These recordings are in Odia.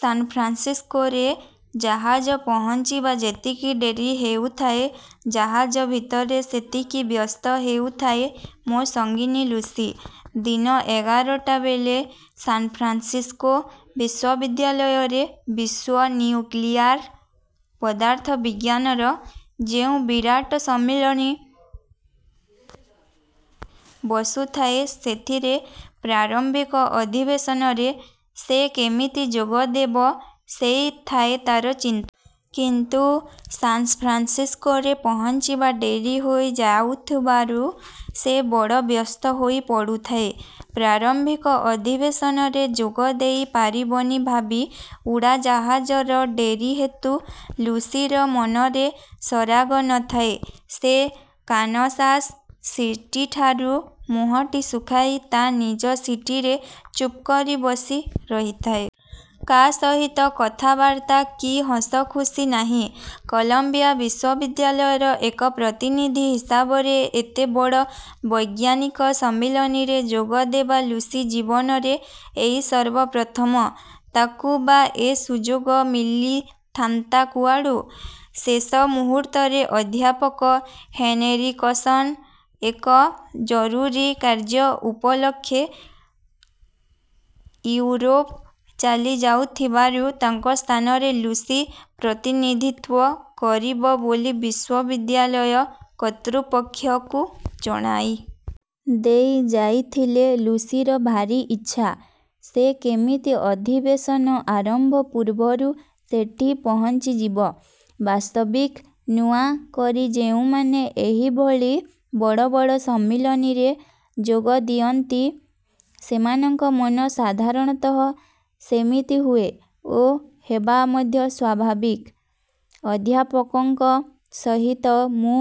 ସାନ୍ଫ୍ରାନ୍ସିସକୋରେ ଜାହାଜ ପହଞ୍ଚିବା ଯେତିକି ଡେରି ହେଉଥାଏ, ଜାହାଜ ଭିତରେ ସେତିକି ବ୍ୟସ୍ତ ହେଉଥାଏ ମୋ ସଙ୍ଗିନୀ ଲୁସି। ଦିନ ଏଗାରଟାବେଳେ ସାନ୍ଫ୍ରାନ୍ସିସକୋ ବିଶ୍ୱବିଦ୍ୟାଳୟରେ ବିଶ୍ୱନିଉକ୍ଲିଆର ପଦାର୍ଥ ବିଜ୍ଞାନର ଯେଉଁ ବିରାଟ ସମ୍ମିଳନୀ ବସୁଥାଏ, ସେଥିର ପ୍ରାରମ୍ଭିକ ଅଧିବେଶନରେ ସେ କେମିତି ଯୋଗ ଦେବ, ସେଇ ଥାଏ ତାର ଚିନ୍ତା। କିନ୍ତୁ ସାନ୍ଫ୍ରାନ୍ସିସକୋରେ ପହଞ୍ଚିବା ଡେରି ହୋଇ ଯାଉଥିବାରୁ ସେ ବଡ଼ ବ୍ୟସ୍ତ ହୋଇ ପଡ଼ୁଥାଏ, ପ୍ରାରମ୍ଭିକ ଅଧିବେଶନରେ ଯୋଗଦେଇ ପାରିବନି ଭାବି। ଉଡ଼ାଜାହାଜର ଡେରି ହେତୁ ଲୁସିର ମନରେ ସରାଗ ନ ଥାଏ। ସେ କାନସାସ୍ ସିଟିଠାରୁ ମୁହଟି ଶୁଖାଇ ତା ନିଜ ସିଟରେ ଚୁପ୍କରି ବସି ରହିଥାଏ। କା ସହିତ କଥାବାର୍ତ୍ତା କି ହସଖୁସି ନାହିଁ। କଲମ୍ବିଆ ବିଶ୍ୱବିଦ୍ୟାଳୟର ଏକ ପ୍ରତିନିଧି ହିସାବରେ ଏତେ ବଡ଼ ବୈଜ୍ଞାନିକ ସମ୍ମିଳନୀରେ ଯୋଗଦେବା ଲୁସି ଜୀବନରେ ଏଇ ସର୍ବ ପ୍ରଥମ। ତାକୁ ବା ଏ ସୁଯୋଗ ମିଳିଥାନ୍ତା କୁଆଡ଼ୁ? ଶେଷ ମୁହୂର୍ତ୍ତରେ ଅଧ୍ୟାପକ ହେନେରିକସନ୍ ଏକ ଜରୁରୀ କାର୍ଯ୍ୟ ଉପଲକ୍ଷେ ଇଉରୋପ ଚାଲି ଯାଉଥିବାରୁ ତାଙ୍କ ସ୍ଥାନରେ ଲୁସି ପ୍ରତିନିଧିତ୍ୱ କରିବ ବୋଲି ବିଶ୍ୱବିଦ୍ୟାଳୟ କର୍ତ୍ତ୍ୱପକ୍ଷକୁ ଜଣାଇ। ଦେଇ ଯାଇଥିଲେ। ଲୁସିର ଭାରି ଇଚ୍ଛା ସେ କେମିତି ଅଧିବେଶନ ଆରମ୍ଭ ପୂର୍ବରୁ ସେଠି ପହଞ୍ଚିଯିବ। ବାସ୍ତବିକ୍ ନୂଆ କରି ଯେଉଁମାନେ ଏହି ଭଳି ବଡ଼ ବଡ଼ ସମ୍ମିଳନୀରେ ଯୋଗଦିଅନ୍ତି, ସେମାନଙ୍କ ମନ ସାଧାରଣତଃ ସେମିତି ହୁଏ ଓ ହେବା ମଧ୍ୟ ସ୍ୱାଭାବିକ। ଅଧ୍ୟାପକଙ୍କ ସହିତ ମୁଁ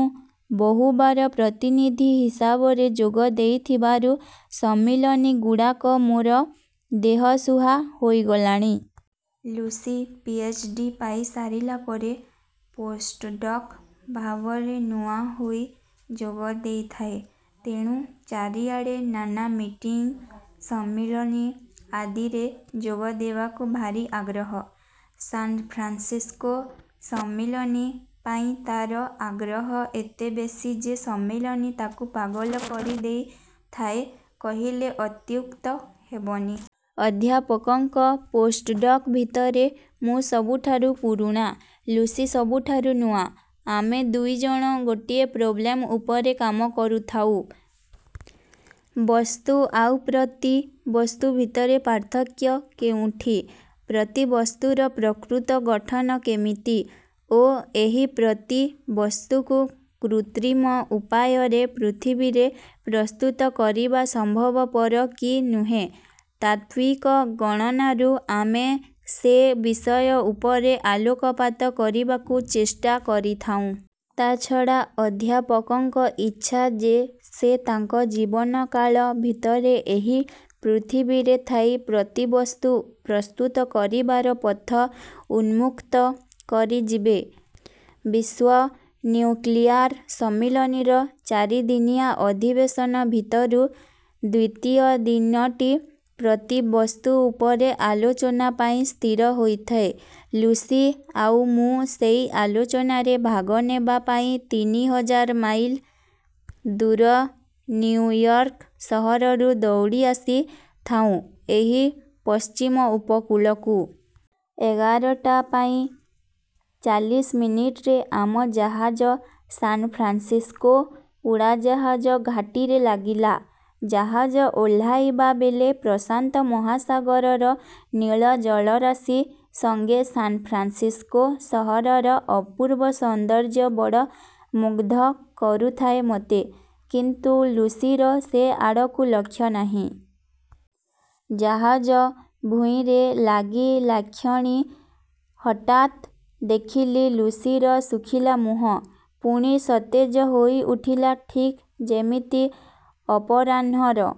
ବହୁ ବାର ପ୍ରତିନିଧି ହିସାବରେ ଯୋଗ ଦେଇଥିବାରୁ ସମ୍ମିଳନୀଗୁଡ଼ାକ ମୋର ଦେହସୁହା ହୋଇ ଗଲାଣି। Lucy P. ଏଚ. ଡି ପାଇ ସାରିଲା ପରେ ପୋଷ୍ଟଡକ୍ ଭାବରେ ନୂଆ ହୋଇ ଯୋଗ ଦେଇଥାଏ। ତେଣୁ ଚାରିଆଡ଼େ ନାନା ମିଟିଂ, ସମ୍ମିଳନୀ ଆଦିରେ ଯୋଗ ଦେବାକୁ ଭାରି ଆଗ୍ରହ। ସାନ୍ଫ୍ରାନ୍ସିସକୋ ସମ୍ମିଳନୀ ପାଇଁ ତା'ର ଆଗ୍ରହ ଏତେ ବେଶି ଯେ ସମ୍ମିଳନୀ ତାକୁ ପାଗଳ କରି ଦେଇ ଥାଏ କହିଲେ ଅତ୍ୟୁକ୍ତ ହେବନି। ଅଧ୍ୟାପକଙ୍କ ପୋଷ୍ଟଡ଼କ୍ ଭିତରେ ମୁଁ ସବୁଠାରୁ ପୁରୁଣା; ଲୁସି ସବୁଠାରୁ ନୂଆ। ଆମେ ଦୁଇ ଜଣ ଗୋଟିଏ ପ୍ରୋବ୍ଲେମ୍ ଉପରେ କାମ କରୁଥାଉଁ। ବସ୍ତୁ ଆଉ ପ୍ରତି ବସ୍ତୁ ଭିତରେ ପାର୍ଥକ୍ୟ କେଉଁଠି? ପ୍ରତିବସ୍ତୁର ପ୍ରକୃତ ଗଠନ କେମିତି ଓ ଏହି ପ୍ରତିବସ୍ତୁକୁ କୃତ୍ରିମ ଉପାୟରେ ପୃଥିବୀରେ ପ୍ରସ୍ତୁତ କରିବା ସମ୍ଭବପର କି ନୁହେଁ, ତାତ୍ତ୍ୱିକ ଗଣନାରୁ ଆମେ ସେ ବିଷୟଉପରେ ଆଲୋକପାତ କରିବାକୁ ଚେଷ୍ଟା କରୁଥାଉଁ। ତା ଛଡ଼ା ଅଧ୍ୟାପକଙ୍କ ଇଚ୍ଛା ଯେ ସେ ତାଙ୍କ ଜୀବନକାଳ ଭିତରେ ଏହି ପୃଥିବୀରେ ଥାଇ ପ୍ରତିବସ୍ତୁ ପ୍ରସ୍ତୁତ କରିବାର ପଥ ଉନ୍ମୁକ୍ତ କରି ଯିବେ। ବିଶ୍ୱନିଉକ୍ଲିଆର ସମ୍ମିଳନୀର ଚାରିଦିନିଆ ଅଧିବେଶନ ଭିତରୁ ଦ୍ୱିତୀୟ ଦିନଟି ପ୍ରତିବସ୍ତୁ ଉପରେ ଆଲୋଚନା ପାଇଁ ସ୍ଥିର ହୋଇଥାଏ। ଲୁସି ଆଉ ମୁଁ ସେଇ ଆଲୋଚନାରେ ଭାଗ ନେବା ପାଇଁ ତିନି ହଜାର ମାଇଲ ଦୂରନିଉୟର୍କ ସହରରୁ ଦୌଡ଼ି ଆସି ଥାଉଁ ଏହି ପଶ୍ଚିମ ଉପକୁଳକୁ। ଏଗାରଟା ପାଇଁ ଚାଳିଶ ମିନିଟ୍ ରେ ଆମ ଜାହାଜ ସାନ୍ଫ୍ରାନ୍ସିସକୋ ଉଡ଼ାଜାହାଜ ଘାଟିରେ ଲାଗିଲା। ଜାହାଜ ଓହ୍ଲାଇଲା ବେଳେ ପ୍ରଶାନ୍ତ ମହାସାଗରର ନୀଳ ଜଳରାଶି ସଙ୍ଗେ ସାନ୍ଫ୍ରାନ୍ସିସକୋ ସହରର ଅପୂର୍ବ ସୌନ୍ଦର୍ଯ୍ୟ ବଡ଼ ମୁଗ୍ଧ କରୁଥାଏ ମୋତେ; କିନ୍ତୁ ଲୁସିର ସେ ଆଡ଼କୁ ଲକ୍ଷ୍ୟ ନାହିଁ। ଜାହାଜ ଭୂଇଁରେ ଲାଗିଲାକ୍ଷଣି ହଠାତ୍ ଦେଖିଲି ଲୁସିର ଶୁଖିଲା ମୁହଁ ପୁଣି ସତେଜ ହୋଇ ଉଠିଲା, ଠିକ୍ ଯେମିତି ଅପରାହ୍ନର